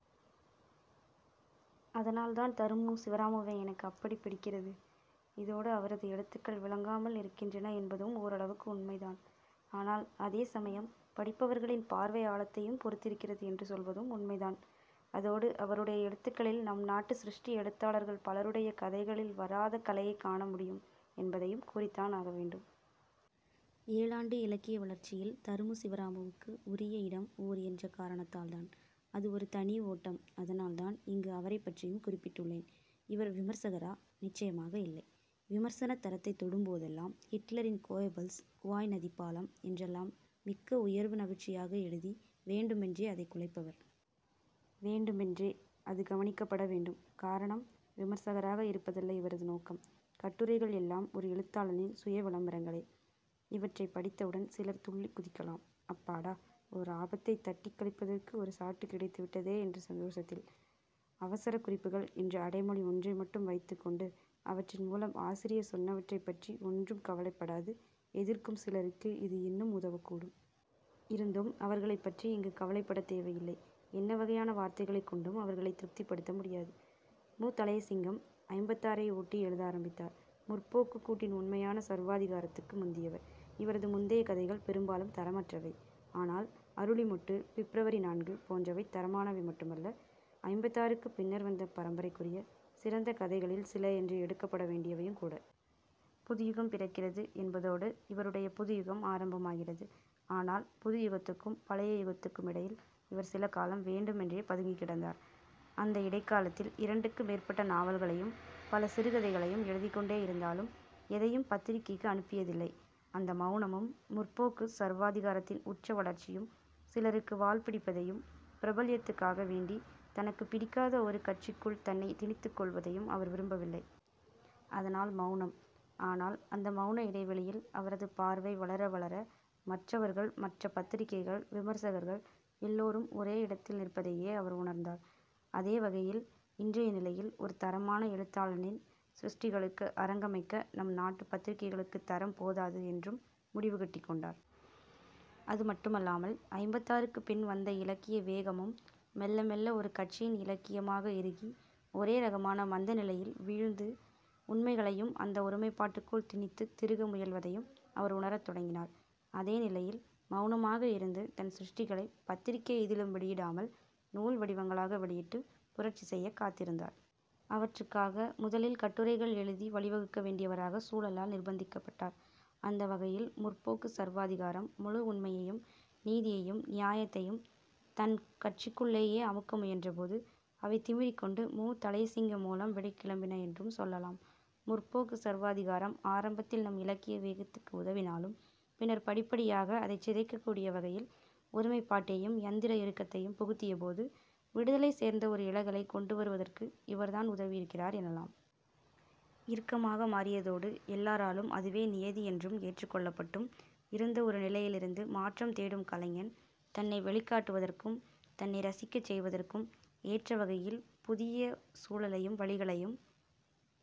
அதனால்தான் தருமு சிவராமுவை எனக்கு அப்படிப் பிடிக்கிறது. இதோடு அவரது எழுத்துகள் விளங்காமல் இருக்கின்றன என்பதும் ஓரளவுக்கு உண்மைதான். ஆனால் அதே சமயம், படிப்பவர்களின் பார்வை ஆழத்தையும் பொருத்திருக்கிறது என்று சொல்வதும் உண்மைதான். அதோடு அவருடைய எழுத்துகளில் நம் நாட்டு சிருஷ்டி எழுத்தாளர்கள் பலருடைய கதைகளில் வராத கலையைக் காண முடியும் என்பதையும் கூறித்தான் ஆக வேண்டும். ஏழாண்டு இலக்கிய வளர்ச்சியில் தருமு சிவராமுவுக்கு உரிய இடம் ஓர் என்ற காரணத்தால்தான். அது ஒரு தனி ஓட்டம். அதனால்தான் இங்கு அவரைப்பற்றியும் குறிப்பிட்டுள்ளேன். இவர் விமர்சகரா? நிச்சயமாக இல்லை. விமர்சனத் தரத்தைத் தொடும் போதெல்லாம் ஹிட்லரின் கோயபல்ஸ், குவாய் நதிப்பாலம் என்றெல்லாம் மிக்க உயர்வு நவிற்சியாக எழுதி வேண்டுமென்றே அதைக் குலைப்பவர். 'வேண்டுமென்றே' அது கவனிக்கப்பட வேண்டும். காரணம், விமர்சகராக இருப்பதல்ல இவரது நோக்கம். கட்டுரைகள் எல்லாம் ஒரு எழுத்தாளனின் சுய 'விளம்பரங்களே'. இவற்றைப் படித்தவுடன் சிலர் துள்ளிக் குதிக்கலாம். அப்பாடா ஓர் ஆபத்தைத் தட்டிக் கழிப்பதற்கு ஒரு சாட்டு கிடைத்துவிட்டதே என்ற சந்தோசத்தில். 'அவரசக்குறிப்புகள்' என்ற அடைமொழி ஒன்றை மட்டும் வைத்துக்கொண்டு அவற்றின் மூலம் ஆசிரியர் சொன்னவற்றைப்பற்றி ஒன்றும் கவலைப்படாது எதிர்க்கும் சிலருக்கு இது இன்னும் உதவக்கூடும். இருந்தும், அவர்களைப் பற்றி இங்கு கவலைப்படத் தேவையில்லை. என்ன வகையான வார்த்தைகளைக் கொண்டும் அவர்களைத் திருப்திப்படுத்த முடியாது. மு. தளையசிங்கம் ஐம்பத்தாறை ஓட்டி எழுத ஆரம்பித்தார். 'முற்போக்கு'க் கூட்டின் உண்மையான சர்வாதிகாரத்துக்கு முந்தியவர். இவரது முந்தைய கதைகள் பெரும்பாலும் தரமற்றவை. ஆனால் 'அருளி மொட்டு', 'பிப்ரவரி-நான்கு' போன்றவை தரமானவை மட்டுமல்ல, ஐம்பத்தாறுக்குப் பின்னர் வந்த பரம்பரைக்குரிய சிறந்த கதைகளில் சில என்று எடுக்கப்பட வேண்டியவையுங்கூட. 'புதுயுகம் பிறக்கிறது' என்பதோடு இவருடைய 'புதுயுகம்' ஆரம்பமாகிறது. ஆனால் புதுயுகத்துக்கும் பழைய புகத்துக்குமிடையில் இவர் சில காலம் வேண்டுமென்றே பதுங்கிக் கிடந்தார். அந்த இடைக்காலத்தில் இரண்டுக்கு மேற்பட்ட நாவல்களையும் பல சிறுகதைகளையும் எழுதிக்கொண்டே இருந்தாலும் எதையும் பத்திரிகைக்கு அனுப்பியதில்லை. அந்த மௌனமும் 'முற்போக்கு' சர்வாதிகாரத்தின் உச்ச வளர்ச்சியும் சிலருக்கு வால் பிடிப்பதையும், பிரபல்யத்துக்காக வேண்டி தனக்குப் பிடிக்காத ஒரு கட்சிக்குள் தன்னைத் திணித்துக் கொள்வதையும் அவர் விரும்பவில்லை. அதனால் மௌனம். ஆனால் அந்த மௌன இடைவெளியில் அவரது பார்வை வளர வளர மற்றவர்கள், மற்ற பத்திரிகைகள், விமர்சகர்கள் எல்லோரும் ஒரே இடத்தில் நிற்பதையே அவர் உணர்ந்தார். அதே வகையில் இன்றைய நிலையில் ஒரு தரமான எழுத்தாளனின் சிருஷ்டிகளுக்கு அரங்கமைக்க நம் நாட்டுப் பத்திரிகைகளுக்குத் தரம் போதாது என்றும் முடிவு கட்டிக்கொண்டார். அது மட்டுமல்லாமல் ஐம்பத்தாறுக்குப் பின் வந்த இலக்கிய வேகமும் மெல்ல மெல்ல ஒரு கட்சியின் இலக்கியமாக இறுகி ஒரே ரகமான மந்த நிலையில் வீழ்ந்து உண்மைகளையும் அந்த ஒருமைப்பாட்டுக்குள் திணித்துத் திருக முயல்வதையும் அவர் உணரத் தொடங்கினார். அதே நிலையில் மௌனமாக இருந்து தன் சிருஷ்டிகளைப் பத்திரிகை எதிலும் வெளியிடாமல் நூல் வடிவங்களாக வெளியிட்டு புரட்சி செய்யக் காத்திருந்தார். அவற்றுக்காக முதலில் கட்டுரைகள் எழுதி வழிவகுக்க வேண்டியவராக சூழலால் நிர்பந்திக்கப்பட்டார். அந்த வகையில் 'முற்போக்கு' சர்வாதிகாரம் முழு உண்மையையும் நீதியையும் நியாயத்தையும் தன் கட்சிக்குள்ளேயே அமுக்க முயன்றபோது அவை திமிறிக்கொண்டு மு. தளையசிங்கம் மூலம் வெளிக்கிளம்பின என்றும் சொல்லலாம். 'முற்போக்கு' சர்வாதிகாரம் ஆரம்பத்தில் நம் இலக்கிய வேகத்துக்கு உதவினாலும் பின்னர் படிப்படியாக அதைச் சிதைக்கக்கூடிய வகையில் ஒருமைப்பாட்டையும் யந்திர இறுக்கத்தையும் புகுத்தியபோது விடுதலை சேர்ந்த ஒரு இளகலை கொண்டு வருவதற்கு இவர்தான் உதவியிருக்கிறார் எனலாம். இறுக்கமாக மாறியதோடு எல்லாராலும் அதுவே நியதி என்றும் ஏற்றுக்கொள்ளப்பட்டும் இருந்த ஒரு நிலையிலிருந்து மாற்றம் தேடும் கலைஞன் தன்னை வெளிக்காட்டுவதற்கும் தன்னை ரசிக்கச் செய்வதற்கும் ஏற்றவகையில் புதிய சூழலையும் வழிகளையும்